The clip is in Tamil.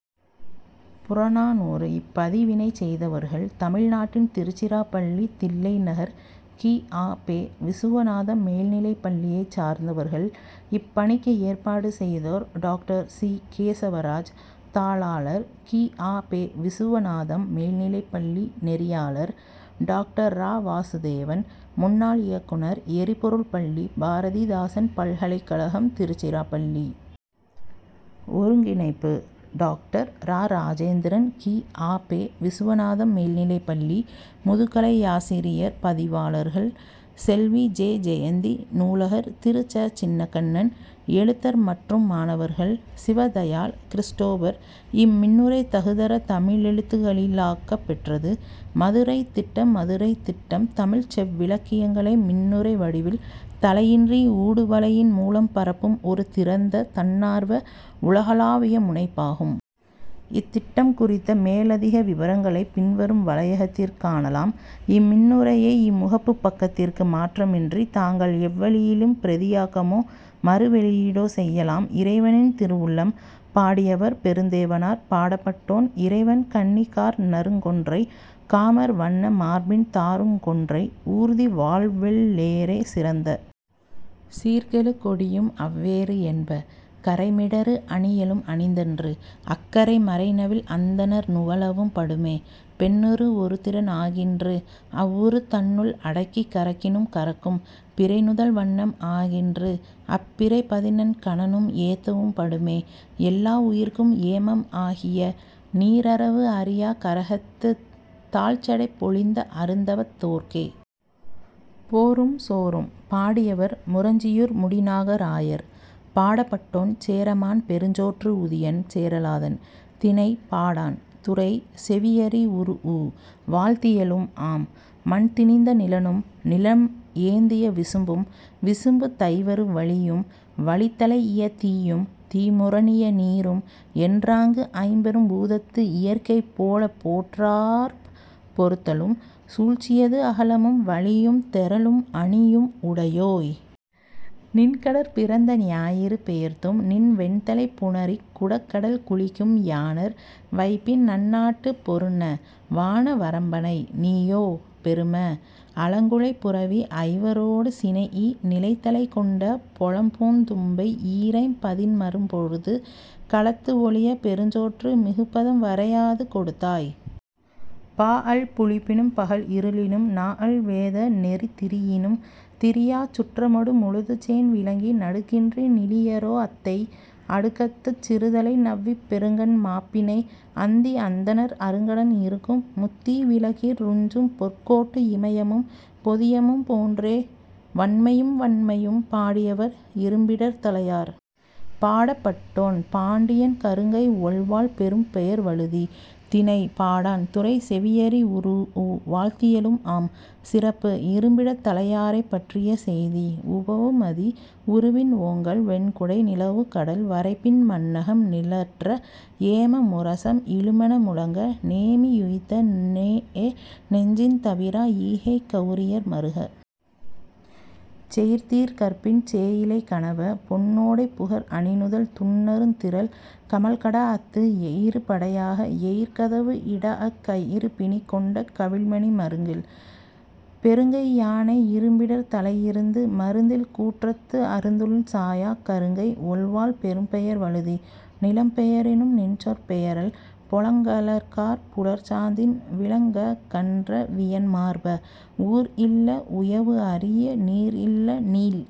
புறநானூறு இப்பதிவினைச் செய்தவர்கள்: தமிழ்நாட்டின் திருச்சிராப்பள்ளி, தில்லைநகர், கி. ஆ. பெ. விசுவநாதம் மேல்நிலைப்பள்ளியைச் சார்ந்தவர்கள் இப்பணிக்கு ஏற்பாடு செய்தோர்:- டாக்டர் சி. கேசவராஜ், தாளாளர், கி. ஆ. பெ. விசுவநாதம் மேல்நிலைப்பள்ளி நெறியாளர்: டாக்டர் இரா. வாசுதேவன், முன்னாள் இயக்குநர், எரிபொருள் பள்ளி, பாரதிதாசன் பல்கலைக்கழகம், திருச்சிராப்பள்ளி. ஒருங்கிணைப்பு:- டாக்டர். இரா. இராஜேந்திரன், கி. ஆ. பெ. விசுவநாதம் மேல்நிலைப்பள்ளி, முதுகலையாசிரியர் பதிவாளர்கள்: செல்வி. ஜெ. ஜெயந்தி, நூலகர்; திரு. ச. சின்னக்கண்ணன், எழுத்தர் மற்றும் மாணவர்கள்: சிவதயாள், கிறிஸ்டோபர் இம்மின்னுரை தகுதர தமிழெழுத்துக்களிலாக்கப் பெற்றது. மதுரைத் திட்டம் மதுரைத் திட்டம் தமிழ்ச் செவ்விலக்கியங்களை மின்னுரைவடிவில், தளையின்றி ஊடுவலையின் மூலம் பரப்பும் ஒரு திறந்த, தன்னார்வ, உலகளாவியமுனைப்பாகும். இத்திட்டம் குறித்த மேலதிக விபரங்களைப் பின்வரும் வலையகத்திற் காணலாம். இம்மின்னுரையை, இம்முகப்புப் பக்கத்திற்கு மாற்றமின்றி, தாங்கள் எவ்வழியிலும் பிரதியாக்கமோ, மறுவெளியீடோ செய்யலாம்.. இறைவனின் திருவுள்ளம்! பாடியவர்:பெருந்தேவனார். பாடப்பட்டோன்: இறைவன் கண்ணி கார்நறுங் கொன்றை; காமர் வண்ண மார்பின் தாருங் கொன்றை; ஊர்தி வால்வெள் ளேறே; சிறந்த சீர்கெழு கொடியும் அவ்வேறு என்ப; கறைமிடறு அணியலும் அணிந்தன்று; அக்கறை மறைநவில் அந்தணர் நுவலவும் படுமே; பெண்ணுரு ஒரு திறன் ஆகின்று; அவ்வுருத் தன்னுள் அடக்கிக் கரக்கினும் கரக்கும்; பிறை நுதல் வண்ணம் ஆகின்று; அப்பிறை பதினெண் கணனும் ஏத்தவும் படுமே; எல்லா உயிர்க்கும் ஏமம் ஆகிய, நீரறவு அறியாக் கரகத்துத், தாழ்சடைப் பொலிந்த அருந்தவத் தோற்கே.. போரும் சோறும்! பாடியவர்: முரஞ்சியூர் முடிநாகராயர். பாடப்பட்டோன்: சேரமான் பெருஞ்சோற்று உதியன் சேரலாதன். திணை: பாடாண். துறை: செவியறிவுறூஉ; வாழ்த்தியலும் ஆம். மண் திணிந்த நிலனும், நிலம் ஏந்திய விசும்பும், விசும்பு தைவரு வளியும் வளித் தலைஇய தீயும், தீ முரணிய நீரும், என்றாங்கு ஐம்பெரும் பூதத்து இயற்கை போலப் போற்றார்ப் பொறுத்தலும், சூழ்ச்சியது அகலமும் வலியும், தெறலும், அணியும், உடையோய்! நின்கடற் பிறந்த ஞாயிறு பெயர்த்தும் நின் வெண்தலைப் புணரிக் குடகடல் குளிக்கும் யாணர் வைப்பின், நன்னாட்டுப் பொருந! வான வரம்பனை! நீயோ, பெரும! அலங்குளைப் புரவி ஐவரோடு சினைஇ, நிலந்தலைக் கொண்ட பொலம்பூந் தும்பை ஈரைம் பதின்மரும் பொருது, களத்து ஒழியப் பெருஞ்சோற்று மிகுபதம் வரையாது கொடுத்தோய்! பாஅல் புளிப்பினும், பகல் இருளினும், நாஅல் வேத நெறி திரியினும் திரியாச் சுற்றமொடு முழுதுசேண் விளங்கி, நடுக்கின்றி நிலியரோ அத்தை; அடுக்கத்துச், சிறுதலை நவ்விப் பெருங்கண் மாப்பிணை, அந்தி அந்தணர் அருங்கடன் இறுக்கும் முத்தீ விளக்கிற், றுஞ்சும் பொற்கோட்டு இமயமும், பொதியமும், போன்றே!.வன்மையும் வண்மையும்! பாடியவர்: இரும்பிடர்த் தலையார். பாடப்பட்டோன்: பாண்டியன் கருங்கை ஒள்வாள் பெரும்பெயர் வழுதி. திணை: பாடாண். துறை: செவியறிவுறூஉ; வாழ்த்தியலும் ஆம். சிறப்பு: இரும்பிடத் தலையாரைப் பற்றிய செய்தி. உவவுமதி உருவின் ஓங்கல் வெண்குடை நிலவுக்கடல் வரைப்பின் மண்ணகம் நிழற்ற, ஏம முரசம் இழுமென முழங்க, நேமி யுய்த்த நேஎ நெஞ்சின், தவிரா ஈகைக், கவுரியர் மருக! செயிர்தீர் கற்பின் சேயிழை கணவ! பொன் னோடைப் புகர் அணிநுதல் துன்னருந் திறல் கமழ்கடா அத்து எயிரு படையாக, எயிற்கதவு இடாஅக் கயிறுபிணிக் கொண்ட கவிழ்மணி மருங்கில். பெருங்கை யானை இரும்பிடர்த் தலையிருந்து மருந்தில் கூற்றத்து அருந்தொழில் சாயாக் கருங்கை ஒள்வாள் பெரும்பெயர் வழுதி! நிலம் பெயரினும், நின்சொற் பெயரல்; பொலங் கழற்காற், புலர் சாந்தின் விலங் ககன்ற வியன் மார்ப! ஊர் இல்ல, உயவு அரிய, நீர் இல்ல, நீள்